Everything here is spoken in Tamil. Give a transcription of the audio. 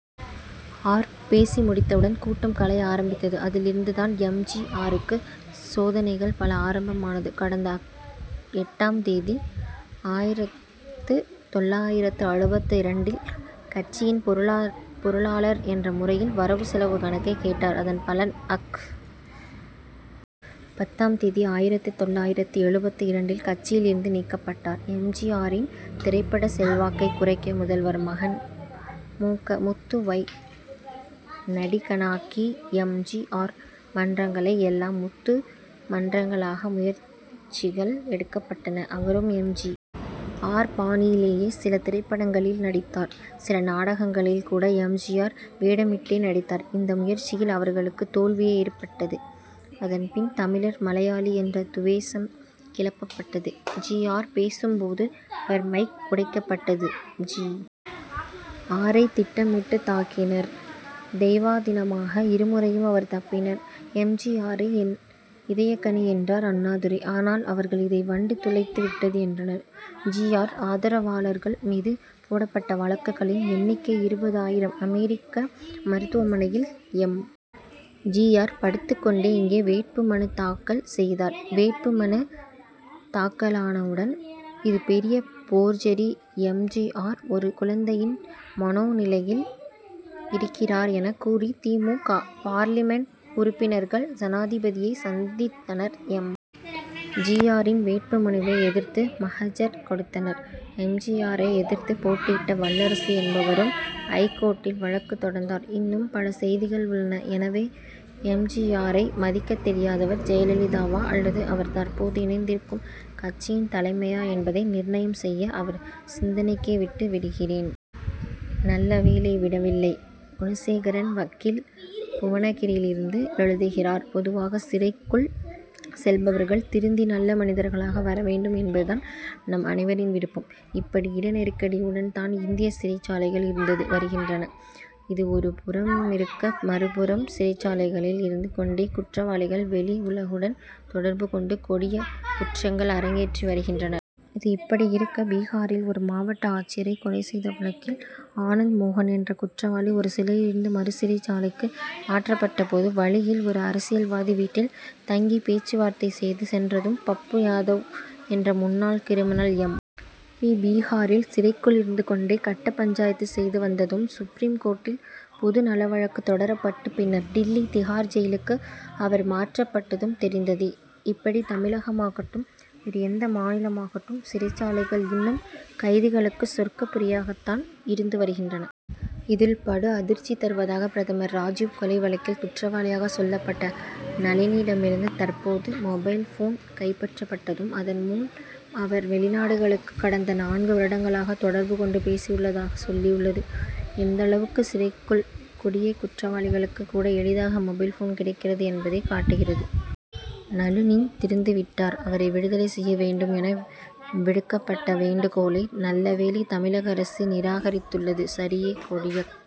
ஆர். பேசி முடித்தவுடன் கூட்டம் கலைய ஆரம்பித்தது. அதிலிருந்துதான் எம். ஜி. ஆருக்கு சோதனைகள் பல ஆரம்பம் ஆனது. கடந்த அக். எட்டாம் தேதி ஆயிரத்து தொள்ளாயிரத்து எழுபத்து இரண்டில் கட்சியின் பொருளாளர் என்ற முறையில் வரவு செலவு கணக்கை கேட்டார். அதன் பலன் அக். பத்தாம் தேதி ஆயிரத்து தொள்ளாயிரத்து எழுபத்து இரண்டில் கட்சியிலிருந்து நீக்கப்பட்டார். எம். ஜி. ஆரின் திரைப்பட செல்வாக்கை குறைக்க முதல்வர் மகன் மு. க. முத்து வை நடிகனாக்கி எம். ஜி. ஆர். மன்றங்களை எல்லாம் முத்து மன்றங்களாக்க முயற்சிகள் எடுக்கப்பட்டன. அவரும் எம். ஜி. ஆர். பாணியிலேயே சில திரைப்படங்களில் நடித்தார். சில நாடகங்களில் கூட எம். ஜி. ஆர். வேடமிட்டே நடித்தார். இந்த முயற்சியில் அவர்களுக்கு தோல்வியே ஏற்பட்டது. அதன் பின் தமிழர் மலையாளி என்ற துவேஷம் கிளப்பப்பட்டது. ஜி. ஆர். பேசும் போது அவர் மைக் உடைக்கப்பட்டது. ஜி. ஆரை திட்டமிட்டு தாக்கினர். தெய்வாதீனமாக இருமுறையும் அவர் தப்பினார். எம். ஜி. ஆரை என் இதயக்கனி என்றார் அண்ணாதுரை. ஆனால் இவர்கள் அதை வண்டு துளைத்து விட்டது என்றனர். ஜி. ஆர். ஆதரவாளர்கள் மீது போடப் பட்ட வழக்குகளின் எண்ணிக்கை இருபது ஆயிரம். அமெரிக்க மருத்துவ மனையில் எம். ஜி. ஆர். படுத்துக் கொண்டே இங்கே வேட்பு மனு தாக்கல் செய்தார். வேட்பு மனு தாக்கலானவுடன் இது பெரிய போர்ஜரி எம். ஜி. ஆர். ஒரு குழந்தையின் மனோ நிலையில் இருக்கிறார் எனக் கூறி தி. மு. க. பார்லிமென்ட் உறுப்பினர்கள் ஜனாதிபதியை சந்தித்தனர். எம். ஜி. ஆரின் வேட்பு மனுவை எதிர்த்து மகஜர் கொடுத்தனர். எம். ஜி. ஆரை எதிர்த்து போட்டியிட்ட வல்லரசு என்பவரும் ஐகோர்ட்டில் வழக்கு தொடர்ந்தார். இன்னும் பல செய்திகள் உள்ளன. எனவே எம். ஜி. ஆரை மதிக்கத் தெரியாதவர் ஜெயலலிதாவா அல்லது அவர் தற்போது இணைந்திருக்கும் கட்சியின் தலைமையா என்பதை நிர்ணயம் செய்ய அவர் சிந்தனைக்கே விட்டு விடுகிறேன். நல்ல வேளை விடவில்லை! அ. குணசேகரன் வக்கீல் புவனகிரியிலிருந்து எழுதுகிறார் பொதுவாக சிறைக்குள் செல்பவர்கள் திருந்தி நல்ல மனிதர் களாக வரவேண்டும் என்பது தான் நம் அனைவரின் விருப்பம். இப்படி இட நெருக்கடியுடன் தான் இந்திய சிறைச் சாலைகள் இருந்து வருகின்றன. இது ஒருபுறமிருக்க மறுபுறம் சிறைச்சாலைகளில் இருந்து கொண்டே குற்றவாளிகள் வெளி உலகுடன் தொடர்பு கொண்டு கொடியக் குற்றங்கள் அரங்கேற்றி வருகின்றனர். இது இப்படி இருக்க பீகாரில் ஒரு மாவட்ட ஆட்சியரை கொலை செய்த வழக்கில் ஆனந்த் மோகன் என்ற குற்றவாளி ஒரு சிறையிலிருந்து மறு சிறைச் சாலைக்கு மாற்றப்பட்ட போது வழியில் ஒரு அரசியல்வாதி வீட்டில் தங்கி பேச்சு வார்த்தை செய்து சென்றதும் பப்பு யாதவ் என்ற முன்னாள் கிரிமினல் எம். பி. பீகாரில் சிறைக்குள் இருந்து கொண்டே கட்ட பஞ்சாயத்து செய்து வந்ததும் சுப்ரீம் கோர்ட்டில் பொது நலவழக்கு தொடரப்பட்டு பின்னர் டில்லி திகார் ஜெயிலுக்கு அவர் மாற்றப்பட்டதும் தெரிந்ததே! இப்படி தமிழகமாகட்டும் வேறு எந்த மாநிலமாகட்டும் சிறைச்சாலைகள் இன்னும் கைதிகளுக்கு சொர்க்க புரியாகத்தான் இருந்து வருகின்றன. இதில் படு அதிர்ச்சி தருவதாக பிரதமர் ராஜிவ் கொலை வழக்கில் குற்றவாளியாக சொல்லப்பட்ட நளினியிடமிருந்து தற்போது மொபைல்போன் கைப்பற்றப்பட்டதும் அதன்மூலம் அவர் வெளிநாடுகளுக்கு கடந்த நான்கு வருடங்களாக தொடர்பு கொண்டு பேசியுள்ளதாகச் சொல்லியுள்ளது எந்தளவுக்கு சிறைக்குள் கொடியக் குற்றவாளிகளுக்குக் கூட எளிதாக மொபைல்போன் கிடைக்கிறது என்பதை காட்டுகிறது. நளினி திருந்திவிட்டார் அவரை விடுதலை செய்ய வேண்டும் என விடுக்கப்பட்ட வேண்டுகோளை நல்லவேளை தமிழக அரசு நிராகரித்துள்ளது சரியே. கொடியக்